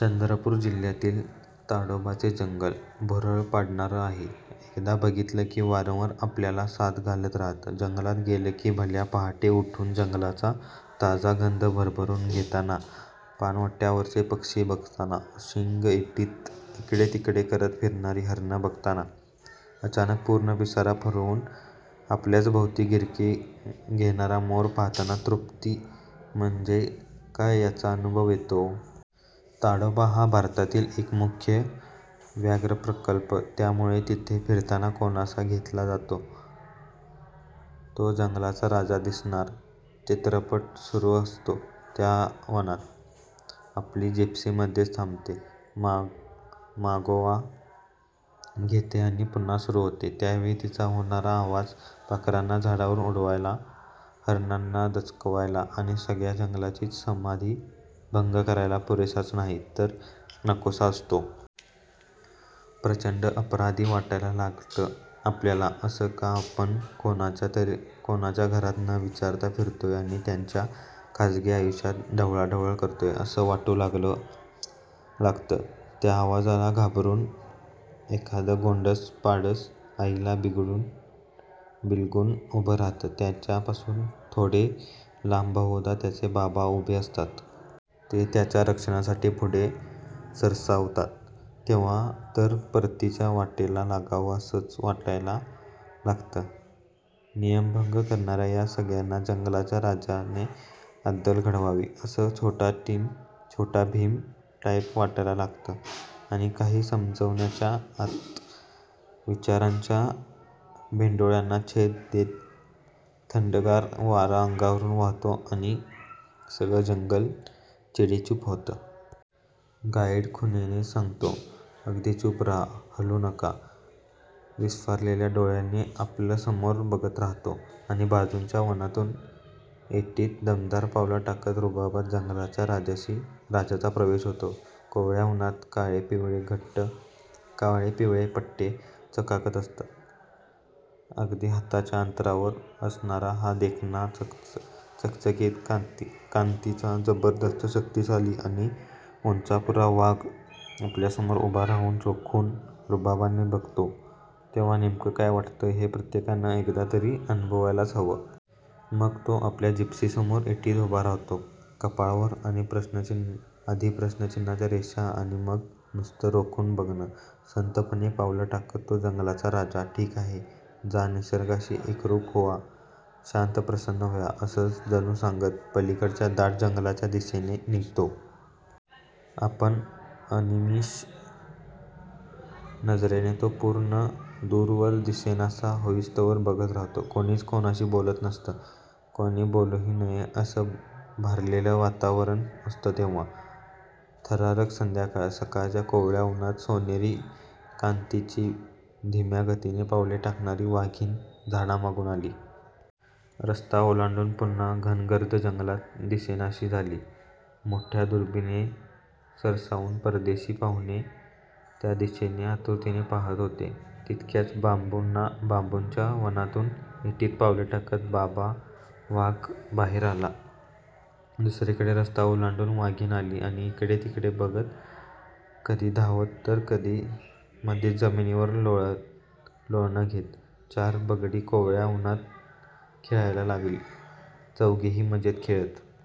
चंद्रपूर जिल्ह्यातील ताडोबाचे जंगल भुरळ पाडणारं आहे. एकदा बघितलं की वारंवार आपल्याला साद घालत राहतं. जंगलात गेलं की भल्या पहाटे उठून जंगलाचा ताजा गंध भरभरून घेताना, पाणवठ्यावरचे पक्षी बघताना, शिंगं ऐटीत इकडे तिकडे करत फिरणारी हरणं बघताना, अचानक पूर्ण पिसारा फुलवून आपल्याच भोवती गिरकी घेणारा मोर पाहताना तृप्ती म्हणजे काय याचा अनुभव येतो!... ताडोबा हा भारतातील एक मुख्य व्याघ्रप्रकल्प. त्यामुळे तिथे फिरताना कानोसा घेतला जातो तो जंगलाचा राजा दिसणार... चित्रपट सुरू असतो त्या वनात. आपली जिप्सी मध्येच थांबते, मागोवा घेते आणि पुन्हा सुरू होते. त्यावेळी तिचा होणारा आवाज पाखरांना झाडावरून उडायला, हरणांना दचकवायला आणि सगळ्या जंगलाचीच समाधी भंग करायला पुरेसाच नाही, तर नकोसा असतो... प्रचंड अपराधी वाटायला लागतं आपल्याला. असं का आपण कोणाच्या घरात न विचारता फिरतोय आणि त्यांच्या खाजगी आयुष्यात ढवळाढवळ करतोय, असं वाटू लागतं. त्या आवाजाला घाबरून एखादं गोंडस पाडस आईला बिलगून उभं राहतं. त्यांच्यापासून थोडे लांब बहुधा त्याचे बाबा उभे असतात. ते त्याच्या रक्षणासाठी पुढे सरसावतात. तेव्हा तर परतीच्या वाटेला लागावं असंच वाटायला लागतं! नियमभंग करणाऱ्या या सगळ्यांना जंगलाच्या राजाने अद्दल घडवावी, असं 'छोटा भीम' टाईप वाटायला लागतं!! आणि... काही समजण्याच्या आत विचारांच्या भेंडोळ्यांना छेद देत थंडगार वारा अंगावरून वाहतो आणि सगळं जंगल चिडीचूप होतं. गाईड खुणेनेच सांगतो, अगदी चूप राहा, हलू नका. विस्फारल्या डोळ्यांनी आपण समोर बघत राहतो... आणि बांबूच्या वनातून ऐटीत, दमदार पावलं टाकत, रुबाबात जंगलच्या राजाचा प्रवेश होतो. कोवळ्या उन्हात काळे-पिवळे पट्टे चकाकत असतात! अगदी हाताच्या अंतरावर असणारा हा देखणा, चकचकीत कांतीचा, जबरदस्त शक्तिशाली आणि उंचापुरा वाघ आपल्यासमोर उभा राहून रोखून रुबाबाने बघतो, तेव्हा नेमकं काय वाटतं हे प्रत्येकाने एकदा तरी अनुभवायलाच हवं! मग तो आपल्या जिप्सीसमोर ऐटीत उभा राहतो. कपाळावर आधी प्रश्नचिन्हाच्या रेषा आणि मग नुसतं रोखून बघणं! संथपणे पावलं टाकत हा जंगलचा राजा, 'ठीक आहे, जा, निसर्गाशी एकरूप व्हा, शांत-प्रसन्न व्हा' असं जणू सांगत, पलीकडच्या दाट जंगलाच्या दिशेने निघतो. आपण अनिमिष नजरेने तो पूर्ण दूरवर दिसेनासा होईस्तोवर बघत राहतो! कोणीच कोणाशी बोलत नसतं, कोणी बोलूही नये, असं भारलेलं वातावरण असतं तेव्हा! थरारक संध्याकाळ... सकाळच्या कोवळ्या उन्हात सोनेरी कांतीची, धीम्या गतीने पावले टाकणारी वाघीण झाडामागून आली. रस्ता ओलांडून पुन्हा घनगर्द जंगलात दिसेनाशी झाली. मोठाल्या दुर्बिणी सरसावून परदेशी पाहुणे त्या दिशेने आतुरतेने पाहत होते. तितक्यात बांबूच्या वनातून ऐटीत पावले टाकत 'बाबा' वाघ बाहेर आला. दुसरीकडून रस्ता ओलांडून वाघीण आली आणि इकडे तिकडे बघत कधी धावत तर कधी मध्येच जमिनीवर लोळण घेत चार बछडी कोवळ्या उन्हात खेळायला लागली. चौघेही मजेत खेळत